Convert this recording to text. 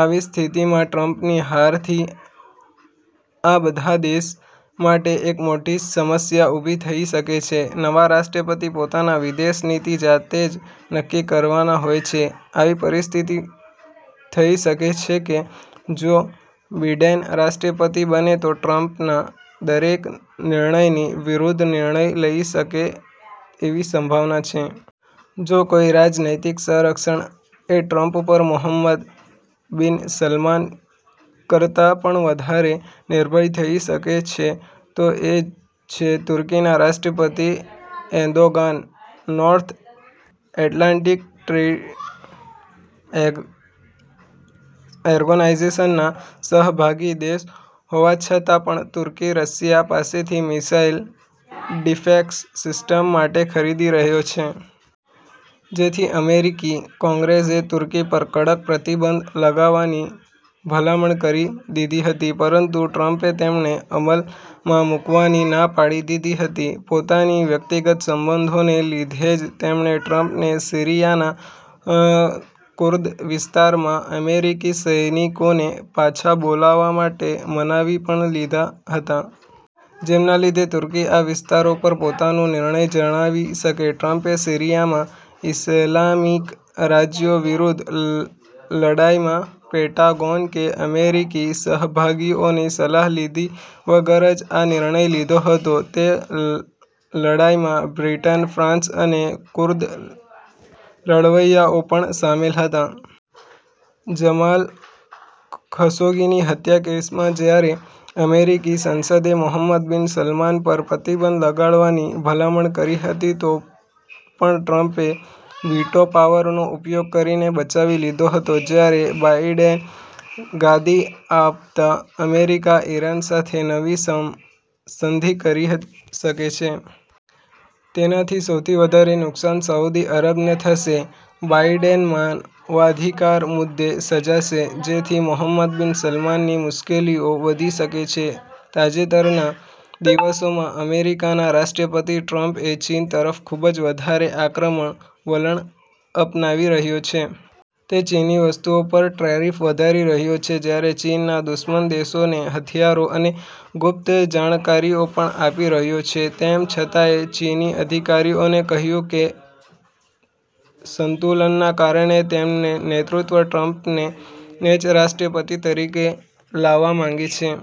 આવી સ્થિતિમાં ટ્રમ્પની હારથી આ બધા દેશો માટે એક મોટી સમસ્યા ઉભી થઈ શકે છે. નવા રાષ્ટ્રપતિ પોતાની વિદેશ નીતિ જાતે જ નક્કી કરતા હોય છે. આવી સ્થિતિમાં થઇ શકે છે કે, જો બીડેન રાષ્ટ્રપતિ બને તો ટ્રમ્પના દરેક નિર્ણયની વિરૂદ્ધ નિર્ણયો લઈ શકે એવી સંભાવના છે. જો કોઈ રાજનૈતિક સંરક્ષણ એ ટ્રમ્પ પર મોહમ્મદ બિન સલમાન કરતા પણ વધારે નિર્ભર થઇ શકે છે, તો એ છે તુર્કીના રાષ્ટ્રપતિ Erdogan. North Atlantic Treaty Organization ના સહભાગી દેશ હોવા છતાં પણ તુર્કી રશિયા પાસેથી મિસાઈલ ડિફેંસ સિસ્ટમ માટે ખરીદી રહી છે. જેથી અમેરિકી કોંગ્રેસે તુર્કી પર કડક પ્રતિબંધો લગાવવાની ભલામણ કરી દીધી હતી પરંતુ ટ્રમ્પે તેને અમલ માં મુકવાની ના પડી દીધી હતી. પોતાના વ્યક્તિગત સંબંધોને લીધે જ તેમણે ટ્રમ્પને સીરિયાના કુર્દ વિસ્તારોમાં અમેરિકી સૈનિકોને પાછા બોલાવવા માટે મનાવી પણ લીધા હતા. જેના લીધે તુર્કી આ વિસ્તારો પર પોતાનું નિયંત્રણ જમાવી શકે. ટ્રમ્પે સીરિયામાં ઈસ્લામિક રાજ્યો વિરૂદ્ધ લડાઈમાં પેંટાગોન કે અમેરિકી સહભાગીઓની સલાહ લીધા વગર જ આ નિર્ણય લીધો હતો. તે લડાઈમાં બ્રિટન, ફ્રાંસ અને કુર્દ લડવૈયાઓ પણ શામેલ હતાં. જમાલ ખશોગીની હત્યાના કેસમાં જ્યારે અમેરિકી સંસદે મોહમ્મદ બિન સલમાન પર પ્રતિબંધ લગાવવાની ભલામણ કરી હતી, તો તેને પણ ટ્રમ્પે વીટો પાવરનો ઉપયોગ કરી બચાવી લીધો હતો. જ્યારે બાઈડેન ગાદી આવતા અમેરિકા ઈરાન સાથે નવી સંધી કરી શકે છે. તેનાથી સૌથી વધારે નુકસાન સાઉદ્દી અરબને થશે. બાઈડેન માનવાધિકાર મુદ્દે સજાગ છે. જેથી મોહમ્મદ બિન સલમાનની મુશ્કેલીઓ વધી શકે છે. તાજેતરના દિવસોમાં અમેરિકાના રાષ્ટ્રપતિ ટ્રમ્પ એ ચીન તરફ ખુબ વધારે આક્રમક વલણ અપનાવી રહ્યા છે. તે ચીની વસ્તુઓ પર ટ્રેરિફ વધારી રહ્યાં છે. જ્યારે ચીનના દુશ્મન દેશોને હથિયારો અને ગુપ્ત જાણકારીઓ પણ આપી રહ્યાં છે. તેમ છતાંયે ચીની અધિકારીઓએ કહ્યું છે કે, સંતુલનના કારણે તેમનું નેતૃત્વ ટ્રમ્પને જ રાષ્ટ્રપતિ તરીકે લાવવા માંગે છે.